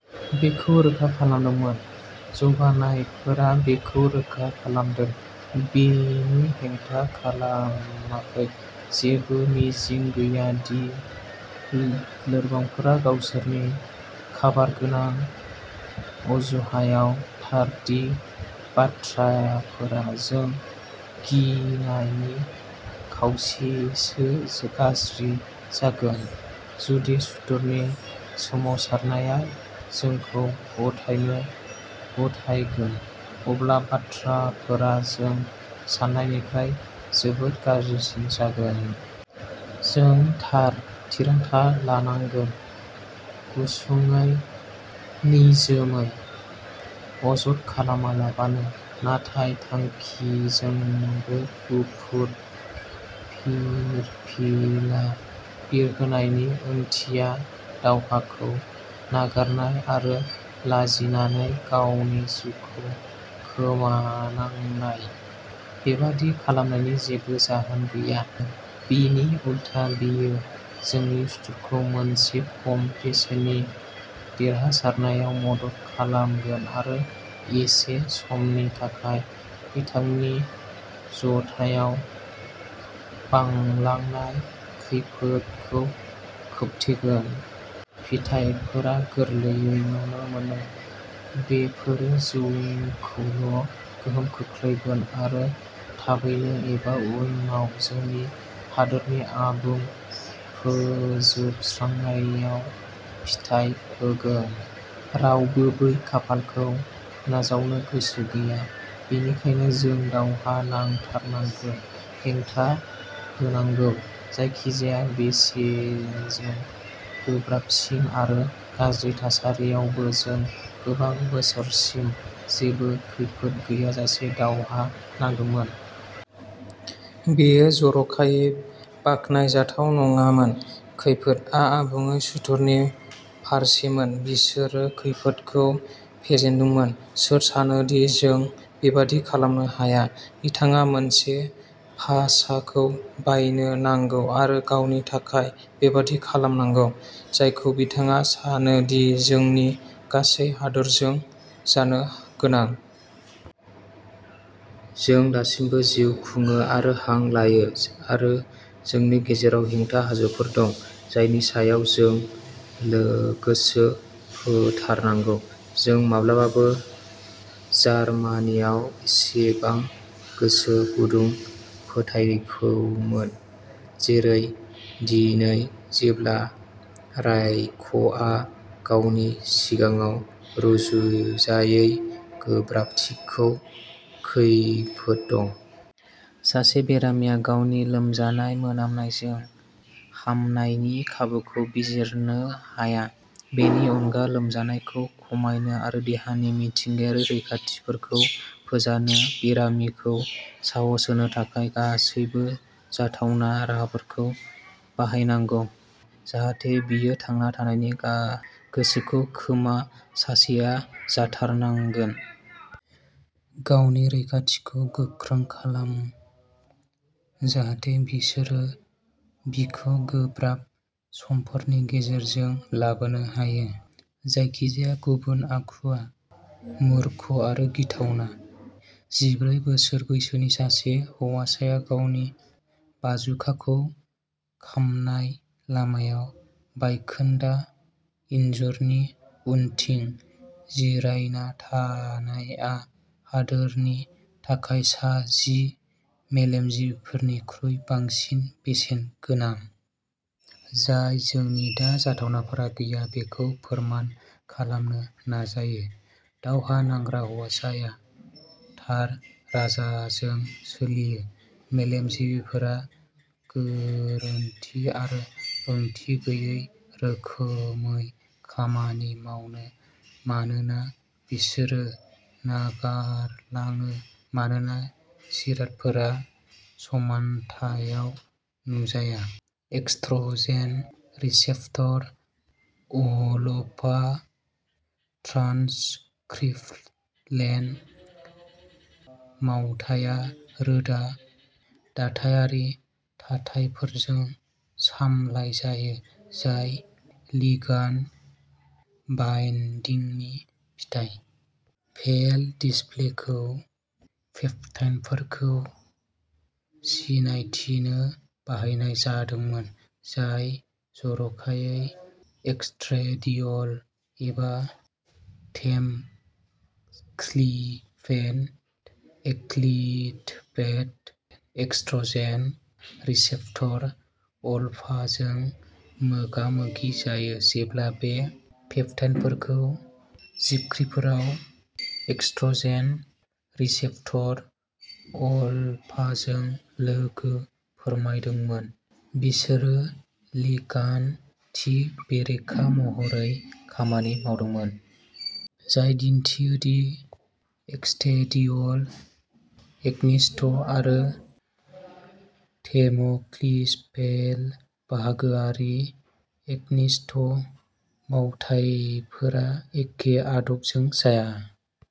बेखौ रोखा खालामदों। जौगानायफोरा बेखौ रोखा खालामदों। बिनि हेंथा खालामाखै। जेबो मिजिं गैया दि लोरबांफोरा गावसोरनि काबारगोनां अजुहायाव थार दि बाथ्राफोरा जों गिनायनि खावसेसो गाज्रि जागोन। जुदि सुथुरनि सोमावसारनाया जोंखौ गथायनो थगायगोन, अब्ला बाथ्राफोरा जों सान्नायनिफ्राय जोबोद गाज्रिसिन जागोन। जों थार थिरांथा लानांगोन। गुसुङै, निजोमयै, अजद खालामालाबानो। नाथाय थांखिजोंबो गुफुर फिरफिला बिरहोनायनि ओंथिया दावहाखौ नागारनाय आरो लाजिनायै गावनि जिउखौ खोमानांनाय। बेबादि खालामनायनि जेबो जाहोन गैया। बिनि उलथा बेयो जोंनि सुथुरखौ मोनसे खम बेसेननि देरहासारनायाव मदद खालामगोन आरो एसे समनि थाखाय बिथांनि जथायाव बांलांनाय खैफोदखौ खोबथेगोन। फिथायफोरा गोरलैयै नुनो मोनो। बेफोरो जोंखौल' गोहोम खोख्लैगोन आरो थाबैनो एबा उनाव जोंनि हादोरनि आबुं फोजोबस्रांनायाव फिथाय होगोन। रावबो बै खाफालखौ नाजावनो गोसो गैया। बेनिखायनो जों दावहा नांथारनांगोन, हेंथा होनांगौ। जायखिजाया बेसेनजों गोब्राबसिन आरो गाज्रि थासारियावबो जों गोबां बोसोरसिम जेबो खैफोद गैयाजासे दावहा नांदोंमोन। बेयो जर'खायै बाखनाय जाथाव नङामोन। खैफोदआ आबुङै सुथुरनि फारसेमोन। बिसोरो खैफोदखौ फेजेनदोंमोन। सोर सानोदि जों बेबादि खालामनो हाया? बिथाङा मोनसे फासाखौ बायनो नांगौ आरो गावनि थाखाय बेबादि खालामनांगौ जायखौ बिथाङा सानो दि जोंनि गासै हादोरजों जानो गोनां। जों दासिमबो जिउ खुङो आरो हां लायो आरो जोंनि गेजेराव हेंथा हाजोफोर दं जायनि सायाव जोंलो गोसो होथारनांगौ। जों माब्लाबाबो जार्मानियाव एसेबां गोसो गुदुं फोथायाखैमोन जेरै दिनै जेब्ला राइखआ गावनि सिगाङाव रुजुजायै गोब्राबथिखौ खैफोद दं। सासे बेरामिया गावनि लोमजानाय मोनामनायजों हामनायनि खाबुखौ बिजिरनो हाया। बेनि अनगा लोमजानायखौ खमायनो आरो देहानि मिथिंगायारि रैखाथिफोरखौ फोजानो बेरामिखौ साहस होनो थाखाय गासैबो जाथावना राहाफोरखौ बाहायनांगोन जाहाथे बियो थांना थानायनि गा गोसोखौ खोमा सासेआ जाथारनांगोन। गावनि रैखाथिखौ गोख्रों खालाम जाहाथे बिसोरो बिखौ गोब्राब समफोरनि गेजेरजों लाबोनो हायो। जायखिजाया गुबुन आखुआ मुर्ख आरो गिथावना। जिब्रै बोसोर बैसोनि सासे हौवासाया गावनि बाजुकाखौ खामनाय लामायाव बायखोन्दा इनजुरनि उनथिं जिरायना थानायआ हादोरनि थाखाय सा जि मेलेमजिबिफोरनिख्रुइ बांसिन बेसेन गोनां। जाय जोंनि दा जाथावनाफोरा गैया बेखौ फोरमान खालामनो नाजायो। दावहा नांग्रा हौवासाया थार राहाजों सोलियो, मेलेमजिबिफोरा गोरोन्थि आरो ओंथि गैयै रोखोमै खामानि मावो मानोना बिसोरो नागारलाङो मानोना जिरादफोरा समान्थायाव नुजाया। एस्ट्रजेन रिसेप्टर अलफा ट्रानसक्रिप्शनेल मावथाया रोखा दाथायारि थाथायफोरजों सामलायजायो जाय लिगान्द बाइनदिंनि फिथाय। फेज डिसप्लेखौ पेप्टाइडफोरखौ सिनायथिनो बाहायनाय जादोंमोन जाय जर'खायै एस्ट्रेडियल एबा टेम'क्सिफेन एक्टिभेट एस्ट्रजेन रिसेप्टर अलफाजों मोगामोगि जायो। जेब्ला बे पेप्टाइडफोरखौ जिबख्रिफोराव एस्ट्रजेन रिसेप्टर अलफाजों लोगो फोरमायदोंमोन। बिसोरो लिगान्द थि बेरेखा महरै खामानि मावदोंमोन। जाय दिनथियो दि एस्ट्रेडियल एगनिस्ट आरो टेम'क्सिफेन बाहागोआरि एगनिस्ट मावथायफोरा एखे आदबजों जाया।